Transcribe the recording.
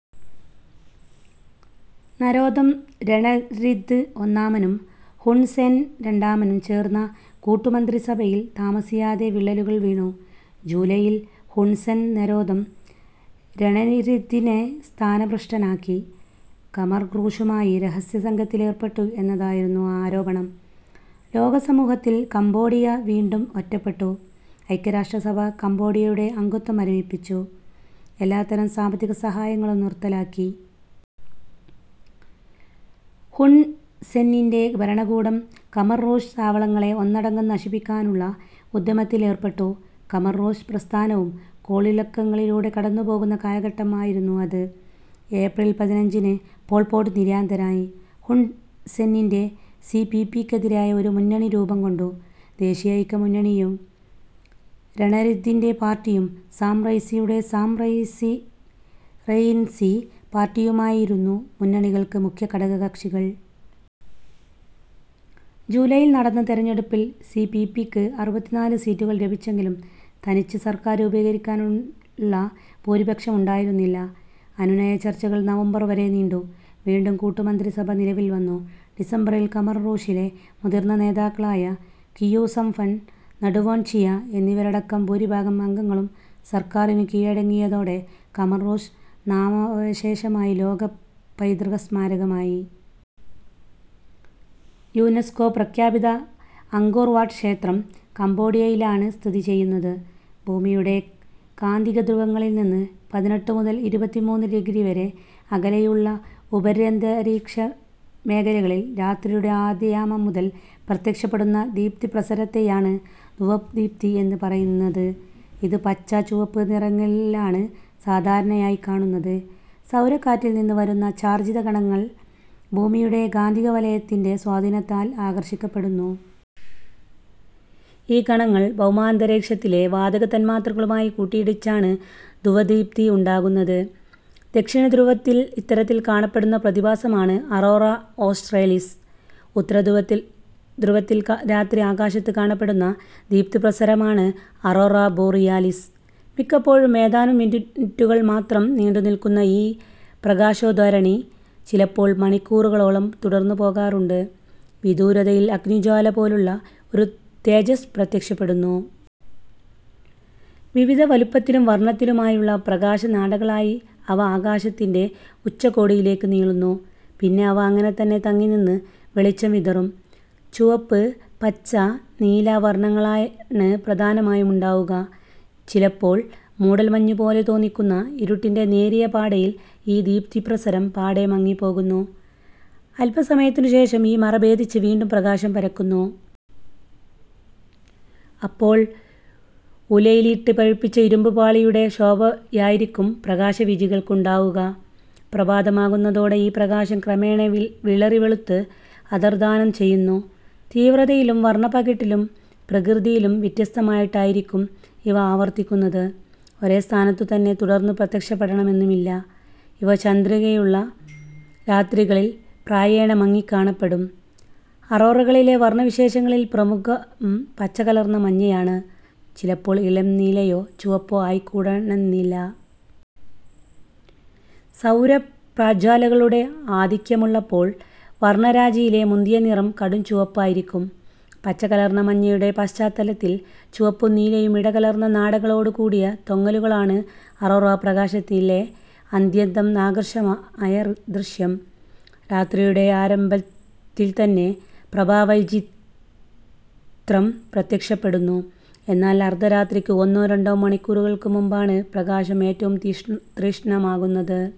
Norodom Ranariddh ഒന്നാമനും Hun Sen രണ്ടാമനും ചേർന്ന കൂട്ടുമന്ത്രിസഭയിൽ താമസിയാതെ വിള്ളലുകൾ വീണു. ജൂലൈയിൽ ഹുൺ സെൻ നരോദം രണരിദ്ധിനെ സ്ഥാനഭ്രഷ്ടനാക്കി. ഖമർ റൂഷുമായി രഹസ്യസഖ്യത്തിലേർപ്പെട്ടു എന്നതായിരുന്നു ആരോപണം. ലോകസമൂഹത്തിൽ കംബോഡിയ വീണ്ടും ഒറ്റപ്പെട്ടു. ഐക്യരാഷ്ട്രസഭ കംബോഡിയയുടെ അംഗത്വം മരവിപ്പിച്ചു. എല്ലാത്തരം സാമ്പത്തിക സഹായങ്ങളും നിർത്തലാക്കി. ഹുൺ സെന്നിൻ്റെ ഭരണകൂടം ഖമർ റൂഷ് താവളങ്ങളെ ഒന്നടങ്കം നശിപ്പിക്കാനുള്ള ഉദ്യമത്തിലേർപ്പെട്ടു. ഖമർ റൂഷ് പ്രസ്ഥാനവും കോളിളക്കങ്ങളിലൂടെ കടന്നുപോകുന്ന കാലഘട്ടമായിരുന്നു അത്. ഏപ്രിൽ പതിനഞ്ചിന് പോൾ പോട്ട് നിര്യാതനായി. ഹുൺ സെന്നിൻ്റെ സി പി പി ക്കെതിരായി ഒരു മുന്നണി രൂപം കൊണ്ടു. ദേശീയ ഐക്യമുന്നണിയും രണരിദ്ധിൻ്റെ പാർട്ടിയും സാം റെയ്ൻസിയുടെ സാം റെയിൻസി പാർട്ടിയുമായിരുന്നു മുന്നണിയിലെ മുഖ്യ ഘടകകക്ഷികൾ. ജൂലൈയിൽ നടന്ന തെരഞ്ഞെടുപ്പിൽ സി പി പി ക്ക് അറുപത്തിനാല് സീറ്റുകൾ ലഭിച്ചെങ്കിലും തനിച്ച് സർക്കാർ രൂപീകരിക്കാനുള്ള ഭൂരിപക്ഷമുണ്ടായിരുന്നില്ല. അനുനയ ചർച്ചകൾ നവംബർ വരെ നീണ്ടു. വീണ്ടും കൂട്ടുമന്ത്രിസഭ നിലവിൽ വന്നു. ഡിസംബറിൽ ഖമർ റൂഷിലെ മുതിർന്ന നേതാക്കളായ ഖിയു സംഫൻ, നുവോൺ ചീയ എന്നിവരടക്കം ഭൂരിഭാഗം അംഗങ്ങളും സർക്കാറിനു കീഴടങ്ങിയതോടെ ഖമർ റൂഷ് നാമാവശേഷമായി. ലോകപൈതൃകസ്മാരകമായി യുനെസ്കോ പ്രഖ്യാപിച്ച അങ്കോർ വാട്ട് ക്ഷേത്രം കംബോഡിയയിലാണ് സ്ഥിതി ചെയ്യുന്നത്. ഭൂമിയുടെ കാന്തികധ്രുവങ്ങളിൽ നിന്ന് പതിനെട്ട് മുതൽ ഇരുപത്തിമൂന്ന് ഡിഗ്രി വരെ അകലെയുള്ള ഉപര്യന്തരീക്ഷമേഖലകളിൽ രാത്രിയുടെ ആദ്യയാമം മുതൽ പ്രത്യക്ഷപ്പെടുന്ന ദീപ്തിപ്രസരത്തെയാണ് ധ്രുവദീപ്തി എന്ന് പറയുന്നത്. ഇത് പച്ച, ചുവപ്പ് നിറങ്ങളിലാണ് സാധാരണയായി കാണുന്നത്. സൗരക്കാറ്റിൽ നിന്ന് വരുന്ന ചാർജിത കണങ്ങൾ ഭൂമിയുടെ കാന്തികവലയത്തിൻ്റെ സ്വാധീനത്താൽ ആകർഷിക്കപ്പെടുന്നു. ഈ കണങ്ങൾ ഭൗമാന്തരീക്ഷത്തിലെ വാതക തന്മാത്രകളുമായി കൂട്ടിയിടിച്ചാണ് ധ്രുവദീപ്തി ഉണ്ടാകുന്നത്. ദക്ഷിണധ്രുവത്തിൽ ഇത്തരത്തിൽ കാണപ്പെടുന്ന പ്രതിഭാസമാണ് അറോറ ഓസ്ട്രേലിസ്. ഉത്തരധ്രുവത്തിൽ രാത്രി ആകാശത്ത് കാണപ്പെടുന്ന ദീപ്തിപ്രസരമാണ് അറോറ ബോറിയാലിസ്. മിക്കപ്പോഴും ഏതാനും മിനിറ്റുകൾ മാത്രം നീണ്ടുനിൽക്കുന്ന ഈ പ്രകാശധോരണി ചിലപ്പോൾ മണിക്കൂറുകളോളം തുടർന്നുപോകാറുണ്ട്. വിദൂരതയിൽ അഗ്നിജ്വാലപോലുള്ള ഒരു തേജസ്സ് പ്രത്യക്ഷപ്പെടുന്നു. വിവിധ വലുപ്പത്തിലും വർണത്തിലുമുള്ള പ്രകാശനാടകളായി അവ ആകാശത്തിൻ്റെ ഉച്ചകോടിയിലേക്കു നീളുന്നു. പിന്നെ അവ അങ്ങനെതന്നെ തങ്ങിനിന്ന് വെളിച്ചം വിതറും. ചുവപ്പ്, പച്ച, നീല വർണങ്ങളാണ് പ്രധാനമായും ഉണ്ടാവുക. ചിലപ്പോൾ മൂടൽമഞ്ഞുപോലെ തോന്നിക്കുന്ന ഇരുട്ടിൻ്റെ നേരിയ പാടയിൽ ഈ ദീപ്തിപ്രസരം പാടെ മങ്ങിപ്പോകുന്നു. അല്പസമയത്തിനുശേഷം ഈ മറ ഭേദിച്ച് വീണ്ടും പ്രകാശം പരക്കുന്നു. അപ്പോൾ ഉലയിലിട്ട് പഴുപ്പിച്ച ഇരുമ്പുപാളിയുടെ ശോഭയായിരിക്കും പ്രകാശവീചികൾക്കുണ്ടാവുക. പ്രഭാതമാകുന്നതോടെ ഈ പ്രകാശം ക്രമേണ വിളറിവെളുത്ത് അന്തർധാനം ചെയ്യുന്നു. തീവ്രതയിലും വർണപ്പകിട്ടിലും പ്രകൃതിയിലും വ്യത്യസ്തമായിട്ടായിരിക്കും ഇവ ആവർത്തിക്കുന്നത്. ഒരേ സ്ഥാനത്തുതന്നെ തുടർന്നു പ്രത്യക്ഷപ്പെടണമെന്നുമില്ല. ഇവ ചന്ദ്രികയുള്ള രാത്രികളിൽ പ്രായേണ മങ്ങിക്കാണപ്പെടും. അറോറകളിലെ വർണവിശേഷങ്ങളിൽ പ്രമുഖം പച്ചകലർന്ന മഞ്ഞയാണ്. ചിലപ്പോൾ ഇളം നീലയോ ചുവപ്പോ ആയിക്കൂടെന്നില്ല. സൗരപ്രജ്ജ്വാലകളുടെ ആധിക്യമുള്ളപ്പോൾ വർണരാജിയിലെ മുന്തിയ നിറം കടുംചുവപ്പായിരിക്കും. പച്ചകലർന്ന മഞ്ഞയുടെ പശ്ചാത്തലത്തിൽ ചുവപ്പും നീലയും ഇടകലർന്ന നാടകളോടുകൂടിയ തൊങ്ങലുകളാണ് അറോറാപ്രകാശത്തിലെ അത്യന്തം ആകർഷകമായ ദൃശ്യം. രാത്രിയുടെ ആരംഭത്തിൽത്തന്നെ പ്രഭാവൈചിത്ര്യം പ്രത്യക്ഷപ്പെടുന്നു. എന്നാൽ അർധരാത്രിക്ക് ഒന്നോ രണ്ടോ മണിക്കൂറുകൾക്കു മുൻപാണ് പ്രകാശം ഏറ്റവും തീക്ഷ്ണമാകുന്നത്.